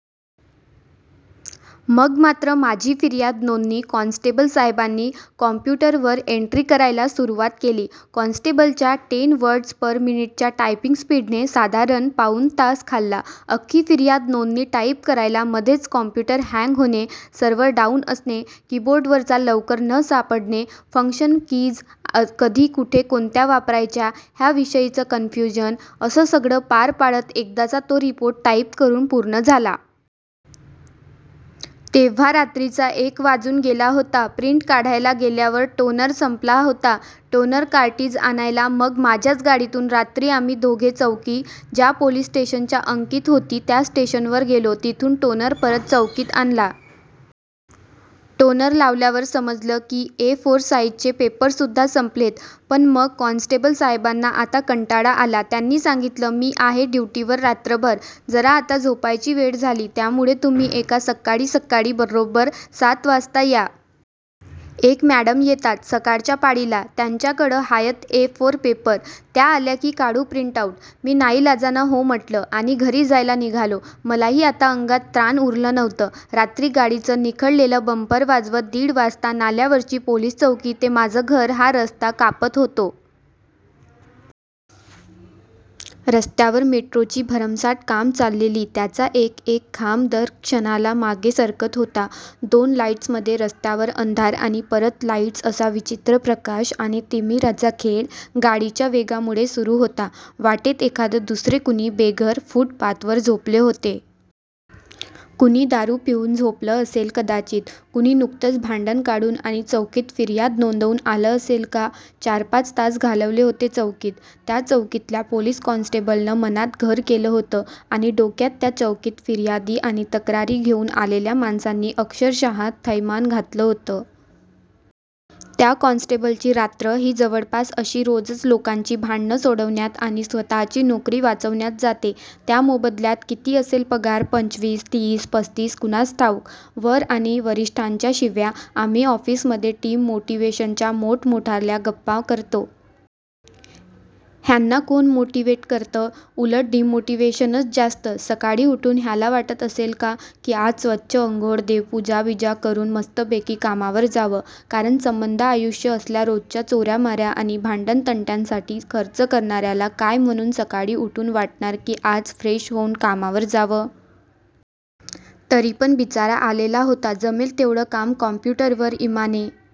मग मात्र माझी फिर्याद नोंदणी, कॉन्स्टेबल साहेबांनी कॉम्प्युटरवर एन्ट्री करायला सुरुवात केली. कॉन्स्टेबलच्या टेन वर्ड्स पर मिनिटच्या टायपिंग स्पीडने साधारण पाऊण तास खाल्ला अख्खी फिर्याद नोंदणी टाईप करायला. मधेच कॉम्प्युटर हँग होणे, सर्व्हर डाउन असणे, कीबोर्डवरचा लवकर न सापडणे, फंक्शन कीज कधी कुठे कोणत्या वापरायच्या ह्या विषयीचं कन्फ्युजन, असं सगळं पार पाडत एकदाचा तो रिपोर्ट टाईप करून पूर्ण झाला. तेव्हा रात्रीचा एक वाजून गेला होता. प्रिंट काढायला गेल्यावर टोनर संपला होता. टोनर कार्ट्रिज आणायला मग माझ्याच गाडीतून रात्री आम्ही दोघे चौकी ज्या पोलीस स्टेशनच्या अंकित होती त्या स्टेशनवर गेलो. तिथून टोनर परत चौकीत आणला. टोनर लावल्यावर समजलं की ए फोर साईजचे पेपरसुद्धा संपलेत. पण मग कॉन्स्टेबल साहेबांना आता कंटाळा आला. त्यांनी सांगितलं, मी आहे ड्युटीवर रात्रभर. जरा आता झोपायची वेळ झाली. त्यामुळं तुम्ही एका सक्काळी सक्काळी बरोब्बर सात वाजता या. एक मॅडम येतात. सकाळच्या पाळीला, त्यांच्या कडं हायत ए फोर पेपर. त्या आल्या की काढू प्रिंटआऊट. मी नाईलाजानं हो म्हंटल. आणि घरी जायला निघालो. मलाही आता अंगात त्राण उरलं नव्हतं. रात्री गाडीचं निखळलेलं बम्पर वाजवत दीड वाजता नाल्यावरची पोलीस चौकी ते माझं घर हा रस्ता कापत होतो. रस्त्यावर मेट्रोची भरमसाठ कामं चाललेली, त्याचा एक एक खांब दरक्षणाला मागे सरकत होता. दोन लाईट्समध्ये रस्त्यावर अंधार आणि परत लाईट्स असा विचित्र प्रकाश आणि तिमिराचा खेळ गाडीच्या वेगामुळे सुरू होता. वाटेत एखाद दुसरे कुणी बेघर फूटपाथवर झोपले होते. कुणी दारू पिऊन झोपलं असेल कदाचित. कुणी नुकतंच भांडण काढून आणि चौकीत फिर्याद नोंदवून आलं असेल का? चार पाच तास घालवले होते चौकीत. त्या चौकीतल्या पोलीस कॉन्स्टेबलनं मनात घर केलं होतं. आणि डोक्यात त्या चौकीत फिर्यादी आणि तक्रारी घेऊन आलेल्या माणसांनी अक्षरशः थैमान घातलं होतं. त्या कॉन्स्टेबलची रात्र ही जवळपास अशी रोजच लोकांची भांडणं सोडवण्यात आणि स्वतःची नोकरी वाचवण्यात जाते. त्या मोबदल्यात किती असेल पगार? पंचवीस, तीस, पस्तीस? कुणास ठाऊक. वर आणि वरिष्ठांच्या शिव्या. आम्ही ऑफिसमध्ये टीम मोटिवेशनच्या मोठमोठाल्या गप्पा करतो. ह्यांना कोण इथं मोटिव्हेट करतं? उलट डिमोटिवेशनच जास्त. सकाळी उठून ह्याला वाटत असेल का, की आज स्वच्छ अंघोळ, देवपूजा बिजा करून मस्तपैकी कामावर जावं? कारण संबंध आयुष्य असल्या रोजच्या चोऱ्यामाऱ्या आणि भांडण तंट्यासाठी खर्च करणाऱ्याला काय म्हणून सकाळी उठून वाटणार की आज फ्रेश होऊन कामावर जावं? तरी पण बिचारा आलेला होता. जमेल तेवढं काम कॉम्प्युटरवर इमाने